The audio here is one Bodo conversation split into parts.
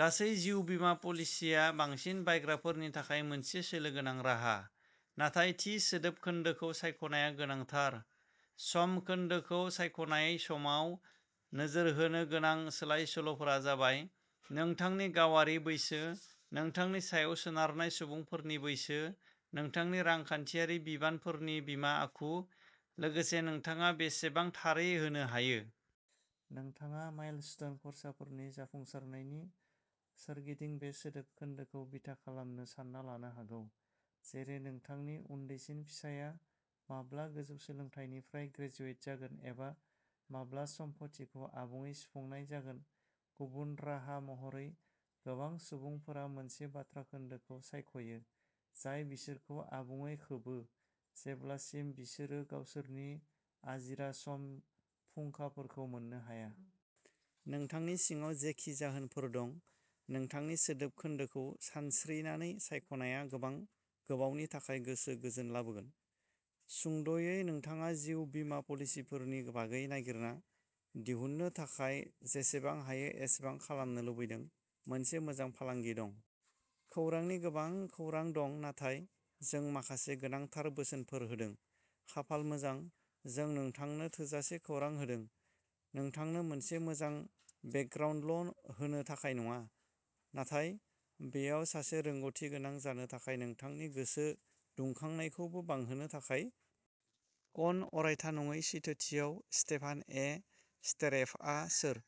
गासै जिउ बीमा पलिसिया बांसिन बायग्राफोरनि थाखाय मोनसे सोलो गोनां राहा, नाथाय थि सोदोब खोन्दोखौ सायख'नाया गोनांथार। सम खोन्दोखौ सायख'नाय समाव नोजोर होनो गोनां सोलाय-सोल'फोरा जाबाय नोंथांनि गावारि बैसो, नोंथांनि सायाव सोनारनाय सुबुंफोरनि बैसो, नोंथांनि रांखान्थियारि बिबानफोरनि बिमा आखु, लोगोसे नोंथाङा बेसेबां थारै होनो हायो। नोंथाङा माइलस्टोन खर्साफोरनि जाफुंसारनायनि सोरगिदिं बे सोदोब खोन्दोखौ बिथा खालामनो सानना लानो हागौ, जेरै नोंथांनि उन्दैसिन फिसाया माब्ला गोजौ सोलोंथायनिफ्राय ग्रेजुवेट जागोन एबा माब्ला सम्फथिखौ आबुङै सुफुंनाय जागोन। गुबुन राहा महरै, गोबां सुबुंफोरा मोनसे बाथ्रा खोन्दोखौ सायख'यो जाय बिसोरखौ आबुङै खोबो जेब्लासिम बिसोरो गावसोरनि आजिरा सम फुंखाफोरखौ मोननो हाया। नोंथांनि सिङाव जेखि जाहोनफोर दं, नोंथांनि सोदोब खोन्दोखौ सानस्रिनानै सायख'नाया गोबां गोबावनि थाखाय गोसो गोजोन लाबोगोन। सुंद'यै, नोंथाङा जिउ बीमा पलिसफोरनि बागै नागिरना दिहुननो थाखाय जेसेबां हायो एसेबां खालामनो लुबैदों। मोनसे मोजां फालांगि दं। खौरांनि गोबां खौरां दं, नाथाय जों माखासे गोनांथार बोसोनफोर होदों। खाफाल मोजां, जों नोंथांनो थोजासे खौरां होदों, नोंथांनो मोनसे मोजां बेकग्राउन्डल' होनो थाखाय नङा, नाथाय बेयाव सासे रोंग'थिगोनां जानो थाखाय नोंथांनि गोसो दुंखांनायखौबो बांहोनो थाखाय। कन अरायथा नङै सैथोथियाव स्टेफान ए स्टेरेभआ सोर?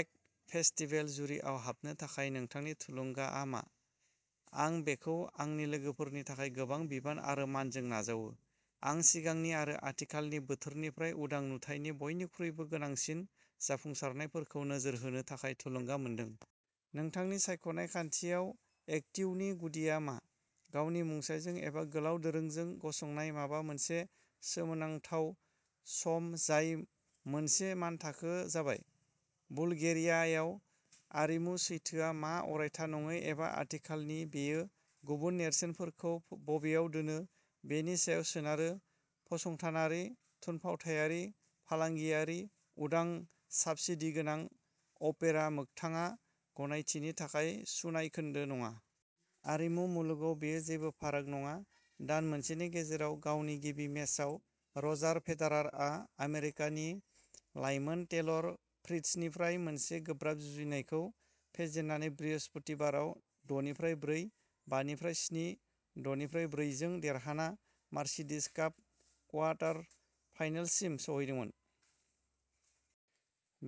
एक्ट फेस्टिभेल जुरिआव हाबनो थाखाय नोंथांनि थुलुंगाआ मा? आं बेखौ आंनि लोगोफोरनि थाखाय गोबां बिबान आरो मानजों नाजावो। आं सिगांनि आरो आथिखालनि बोथोरनिफ्राय उदां नुथायनि बयनिख्रुइबो गोनांसिन जाफुंसारनायफोरखौ नोजोर होनो थाखाय थुलुंगा मोनदों। नोंथांनि सायख'नाय खान्थियाव एक्टिवनि गुदिआ मा? गावनि मुंसाइजों एबा गोलाव दोरोंजों गसंनाय माबा मोनसे सोमोनांथाव सम जाय मोनसे मानथाखो जाबाय। बुलगेरियायाव आरिमु सैथोआ मा अरायथा नङै एबा आथिखालनि बेयो गुबुन नेरसोनफोरखौ बबेयाव दोनो बेनि सायाव सोनारो फसंथानारि थुनफावथायारि फालांगियारि उदां साब्सिडी गोनां अपेरा मोगथाङा गनायथिनि थाखाय सुनाय खोन्दो नङा। आरिमु मुलुगाव बेयो जेबो फाराग नङा। दान मोनसेनि गेजेराव गावनि गिबि मेचआव, रजार फेदेरारआ आमेरिकानि लाइमोन टेलर फ्रिट्जनिफ्राय मोनसे गोब्राब जुजिनायखौ फेजेननानै बृहस्पतिबाराव दनिफ्राय ब्रै बानिफ्राइ स्नि दनिफ्राइ ब्रै जों देरहाना मार्सिडिज काप कुवार्टर फाइनालसिम सौहैदोंमोन।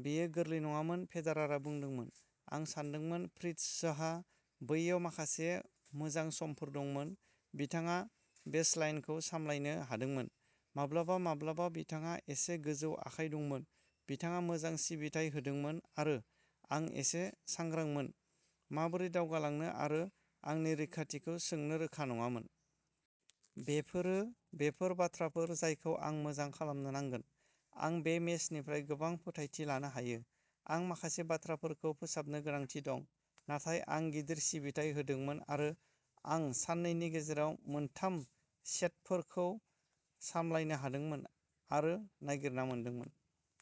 बेयो गोरलै नङामोन, फेदेरारआ बुंदोंमोन। आं सानदोंमोन फ्रिट्जहा बैयाव माखासे मोजां समफोर दंमोन। बिथाङा बेसलाइनखौ सामलायनो हादोंमोन, माब्लाबा माब्लाबा बिथाङा एसे गोजौ आखाइ दंमोन। बिथाङा मोजां सिबिथाय होदोंमोन आरो आं एसे सांग्रांमोन, माबोरै दावगालांनो आरो आंनि रैखाथिखौ सोंनो रोखा नङामोन। बेफोरो बेफोर बाथ्राफोर जायखौ आं मोजां खालामनो नांगोन। आं बे मेचनिफ्राय गोबां फोथायथि लानो हायो। आं माखासे बाथ्राफोरखौ फोसाबनो गोनांथि दं, नाथाय आं गिदिर सिबिथाय होदोंमोन आरो आं साननैनि गेजेराव मोनथाम सेटफोरखौ सामलायनो हादोंमोन, आरो नागिरना मोनदोंमोन।